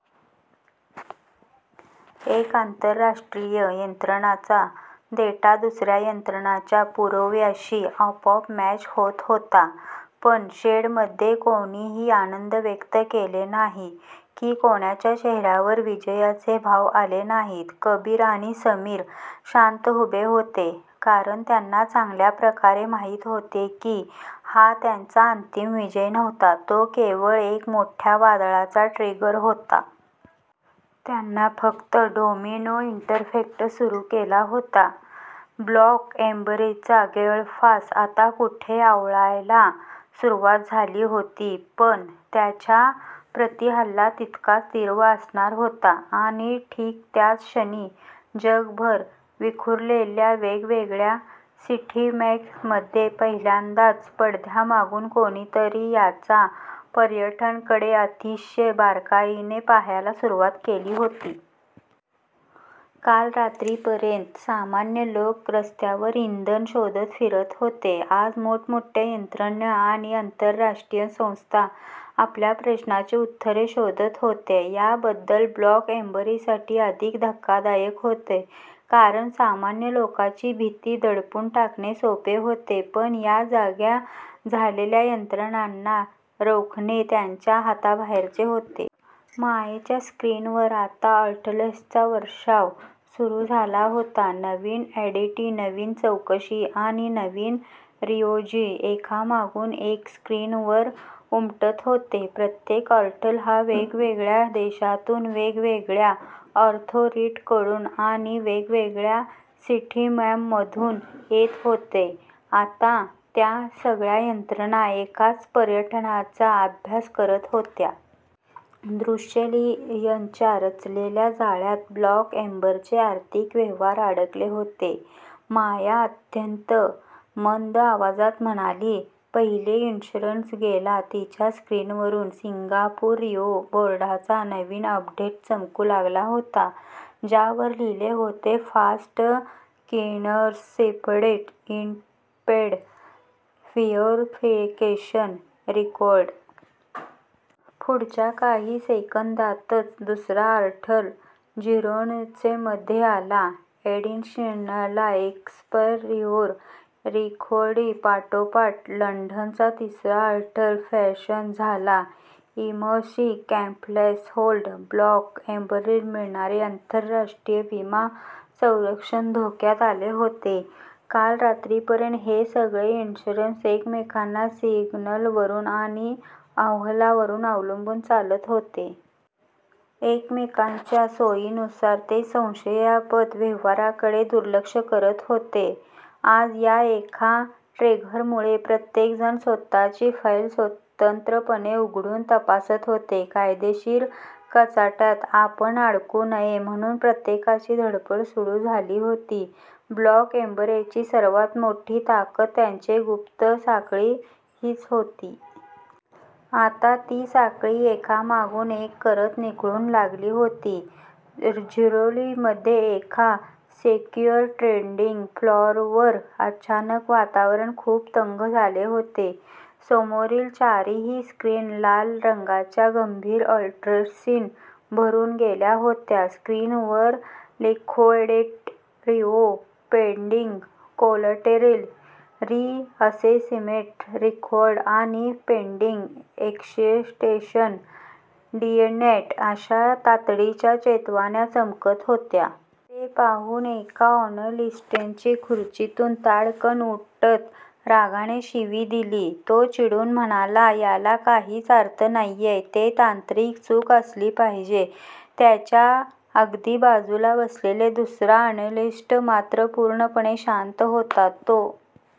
एका आंतरराष्ट्रीय यंत्रणेचा डेटा दुसऱ्या यंत्रणेच्या पुराव्याशी आपोआप मॅच होत होता. पण शेडमध्ये कोणीही आनंद व्यक्त केला नाही, की कोणाच्या चेहऱ्यावर विजयाचे भाव आले नाहीत. कबीर आणि समीर शांत उभे होते. कारण त्यांना चांगल्या प्रकारे माहीत होते की हा त्यांचा अंतिम विजय नव्हता; तो केवळ एका मोठ्या वादळाचा ट्रिगर होता. त्यांनी फक्त डोमिनो इफेक्ट सुरू केला होता. ब्लॅक एम्बरचा गळफास आत्ता कुठे आवळायला सुरुवात झाली होती, पण त्याचा प्रतिहल्ला तितकाच तीव्र असणार होता. आणि ठीक त्याच क्षणी, जगभर विखुरलेल्या वेगवेगळ्या सिस्टीम्समध्ये पहिल्यांदाच पडद्यामागून कोणीतरी याच पॅटर्नकडे अतिशय बारकाईने पाहायला सुरुवात केली होती. काल रात्रीपर्यंत सामान्य लोक रस्त्यावर इंधन शोधत फिरत होते. आज मोठमोठ्या यंत्रणा आणि आंतरराष्ट्रीय संस्था आपल्या प्रश्नांची उत्तरे शोधत होत्या. हा बदल ब्लॅक एम्बरसाठी अधिक धोकादायक होता. कारण सामान्य लोकांची भीती दडपून टाकणे सोपे होते, पण या जाग्या झालेल्या यंत्रणांना रोखणे त्यांच्या हाताबाहेरचे होते. मायाच्या स्क्रीनवर आता अलर्ट्सचा वर्षाव सुरू झाला होता. नवीन ऑडिट, नवीन चौकशी आणि नवीन रिव्ह्यूज एकामागून एक स्क्रीनवर उमटत होते. प्रत्येक अलर्ट हा वेगवेगळ्या देशातून, वेगवेगळ्या ऑथॉरिटीकडून आणि वेगवेगळ्या सिस्टीममधून येत होता. आता त्या सगळ्या यंत्रणा एकाच पॅटर्नचा अभ्यास करत होत्या. दुष्यंतने रचलेल्या जाळ्यात ब्लॅक एम्बरचे आर्थिक व्यवहार अडकले होते. माया अत्यंत मंद आवाजात म्हणाली, "पहिला इन्शुरर गेला. " तिच्या स्क्रीनवर सिंगापूर रिव्ह्यू बोर्डचा नवीन अपडेट चमकू लागला होता, ज्यावर लिहिले होते fast clearance suspended, independent verification required. पुढच्या काही सेकंदांतच दुसरा अलर्ट झुरिचमधून आला ऍडिशनल एक्स्पोजर रिव्ह्यू रिक्व्हेस्टेड. पाठोपाठ लंडनचा तिसरा अलर्ट फ्लॅश झाला इमर्जन्सी कॉम्प्लायन्स होल्ड. ब्लॅक एम्बरला मिळणारे आंतरराष्ट्रीय विमा संरक्षण धोक्यात आले होते. काल रात्रीपर्यंत हे सगळे इन्शुरर्स एकमेकांच्या सिग्नल्सवर आणि अहवालांवर अवलंबून चालत होते. एकमेकांच्या सोयीनुसार ते संशयास्पद व्यवहारांकडे दुर्लक्ष करत होते. आज या एका ट्रिगरमुळे प्रत्येक जण स्वतःची फाईल स्वतंत्रपणे उघडून तपासत होता. कायदेशीर कचाट्यात आपण अडकू नये म्हणून प्रत्येकाची धडपड सुरू झाली होती. ब्लॅक एम्बरची सर्वात मोठी ताकद त्यांची गुप्त साखळी हीच होती. आता ती साखळी एकामागून एक करत निखळू लागली होती. झुरिचमधील एका सिक्युअर ट्रेडिंग फ्लोअरवर अचानक वातावरण खूप तंग झाले होते. समोरील चारही स्क्रीन्स लाल रंगाच्या गंभीर अलर्ट्सनी भरून गेल्या होत्या. स्क्रीनवर liquidity review pending, collateral reassessment required आणि फंडिंग एक्सटेंशन डिनाईड अशा तातडीच्या चेतावण्या चमकत होत्या. ते पाहून एका अॅनालिस्टने खुर्चीतून ताडकन उठत रागाने शिवी दिली. तो चिडून म्हणाला, "याला काहीच अर्थ नाहीये. ही तांत्रिक चूक असली पाहिजे. " त्याच्या अगदी बाजूला बसलेला दुसरा अॅनालिस्ट मात्र पूर्णपणे शांत होता. तो